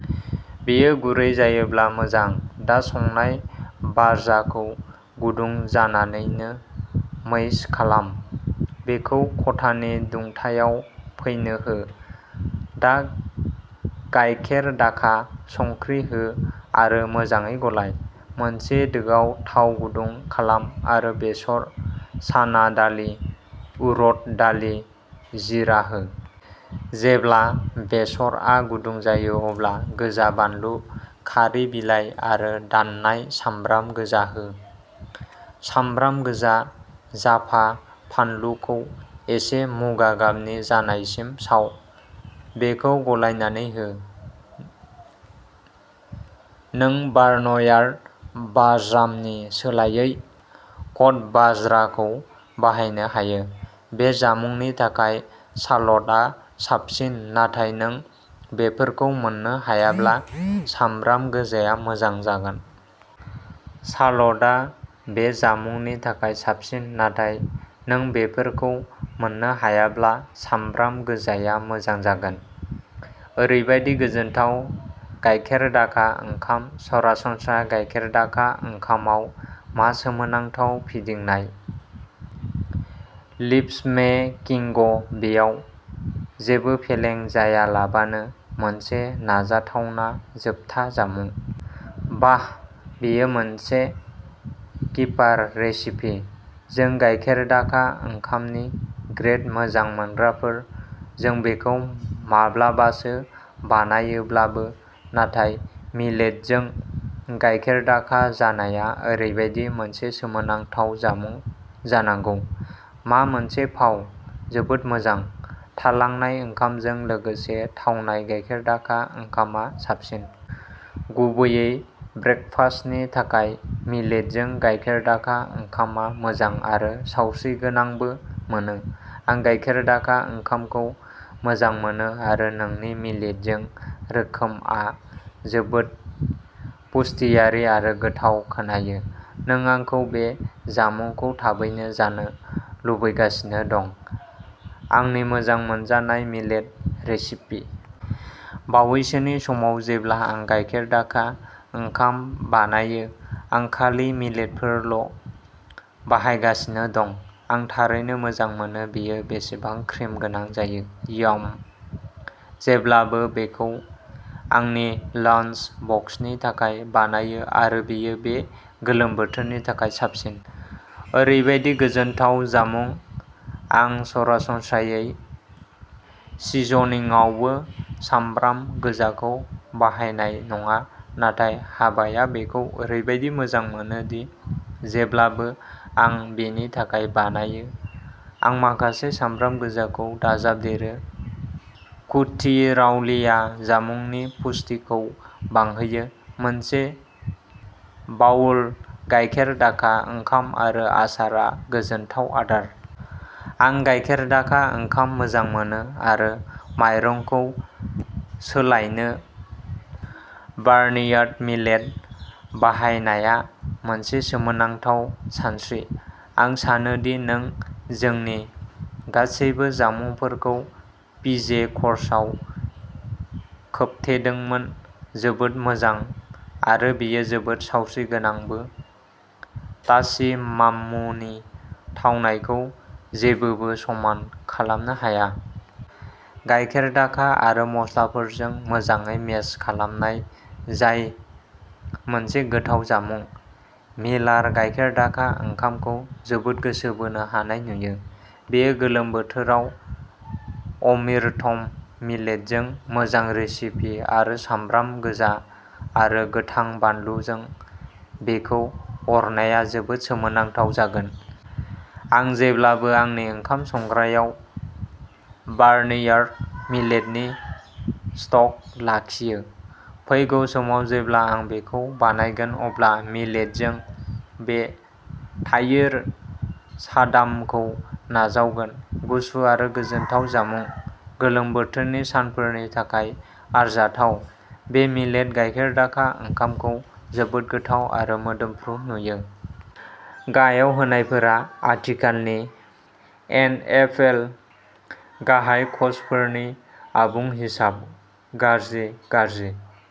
बेयो गुरै जायोब्ला मोजां। दा संनाय बाज्राखौ गुदुं जानानैनो मैस खालाम। बेखौ खथानि दुंथायाव फैनो हो। दा गाइखेरदाखा, संख्रि हो आरो मोजाङै गलाय। मोनसे दोआव थाव गुदुं खालाम आरो बेसर, चाना दालि, उरद दालि, जीरा हो। जेब्ला बेसरआ गुदुं जायो अब्ला गोजा बानलु, कारि बिलाइ आरो दाननाय सामब्राम गोजा हो। सामब्राम गोजा जाफा-फानलुखौ एसे मुगा गाबनि जानायसिम साव। बेखौ गलायनानै हो। नों बार्नयार्ड बाज्रामनि सोलायै कड'बाज्राखौ बाहायनो हायो। बे जामुंनि थाखाय शालटआ साबसिन नाथाय नों बेफोरखौ मोननो हायाब्ला सामब्राम गोजाया मोजां जागोन। शालटआ बे जामुंनि थाखाय साबसिन नाथाय नों बेफोरखौ मोननो हायाब्ला सामब्राम गोजाया मोजां जागोन। ओरैबादि गोजोनथाव गाइखेरदाखा ओंखाम, सरासनस्रा गाइखेरदाखा ओंखामआव मा सोमोनांथाव फिदिंनाय। लिपस्मेकिंग बेयाव। जेबो फेलें जायालाबानो मोनसे नाजाथावना जोबथा जामुं। बाह! बेयो मोनसे किपार रेसिपि! जों गाइखेरदाखा ओंखामनि ग्रेत मोजां मोनग्राफोर। जों बेखौ माब्लाबासो बानायोब्लाबो, नाथाय मिलेटजों गाइखेरदाखा जानाया ओरैबायदि मोनसे सोमोनांथाव जामुं जानांगौ। मा मोनसे फाव! जोबोद मोजां! थालांनाय ओंखामजों लोगोसे थावनाय गाइखेरदाखा ओंखामआ साबसिन... गुबैयै ब्रेकफास्टनि थाखाय। मिलेटजों गाइखेरदाखा ओंखामआ मोजां आरो सावस्रिगोनांबो मोनो। आं गाइखेरदाखा ओंखामखौ मोजां मोनो आरो नोंनि मिलेटजों रोखोमआ जोबोद पुष्टियारि आरो गोथाव खोनायो। नों आंखौ बे जामुंखौ थाबैनो जानो लुबैगासिनो दं। आंनि मोजां मोनजानाय मिलेट रेसिपि!! बावैसोनि समाव, जेब्ला आं गाइखेरदाखा ओंखाम बानायो, आं खालि मिलेटफोरल'बाहायगासिनो दं, आं थारैनो मोजां मोनो बेयो बेसेबां क्रिम गोनां जायो!!! यम!!! जेब्लाबो बेखौ आंनि लान्स बक्सनि थाखाय बानायो आरो बेयो बे गोलोम बोथोरनि थाखाय साबसिन!! ओरैबायदि गोजोनथाव जामुं। आं सरासनस्रायै सिजनिंआवबो सामब्राम गोजाखौ बाहायनाय नङा, नाथाय हाबाया बेखौ ओरैबादि मोजां मोनो दि जेब्लानो आं बिनि थाखाय बानायो, आं माखासे सामब्राम गोजाखौ दाजाबदेरो। कुथिरावलीया जामुंनि पुष्टिखौ बांहोयो। मोनसे बाउल गाइखेरदाखा ओंखाम आरो आसारआ गोजोनथाव आदार। आं गाइखेरदाखा ओंखाम मोजां मोनो आरो माइरंखौ सोलायनो बार्नयार्ड मिलेट बाहायनाया मोनसे सोमोनांथाव सानस्रि। आं सानो दि नों जोंनि गासैबो जामुंफोरखौ पिजे कर्सआव खोबथेदोंमोन, जोबोद मोजां!.. आरो बेयो जोबोद सावस्रिगोनांबो। थाची माम्मुनि थावनायखौ जेबोबो समान खालामनो हाया! गाइखेरदाखा आरो मस्लाफोरजों मोजाङै मेश खालामनाय जाय मोनसे गोथाव जामुं! मिलार गाइखेरदाखा ओंखामखौ जोबोद गोसो बोनो हानाय नुयो! बेयो गोलोम बोथोराव अमिरथम। मिलेटजों मोजां रेसिपि आरो सामब्राम गोजा आरो गोथां बानलुजों बेखौ अरनाया जोबोद सोमोनांथाव जागोन। आं जेब्लाबो आंनि ओंखाम संग्रायाव बार्नयार्ड मिलेटनि स्टक लाखियो, फैगौ समाव जेब्ला आं बेखौ बानायगोन अब्ला मिलेटजों बे थायिर सादामखौ नाजावगोन। गुसु आरो गोजोनथाव जामुं। गोलोम बोथोरनि सानफोरनि थाखाय आरजाथाव। बे मिलेट गाइखेरदाखा ओंखामखौ जोबोद गोथाव आरो मोदोमफ्रु नुयो। गाहायाव होनायफोरा आथिखालनि एनएफएल गाहाय कचफोरनि आबुं हिसाब, गाज्रि, गाज्रि।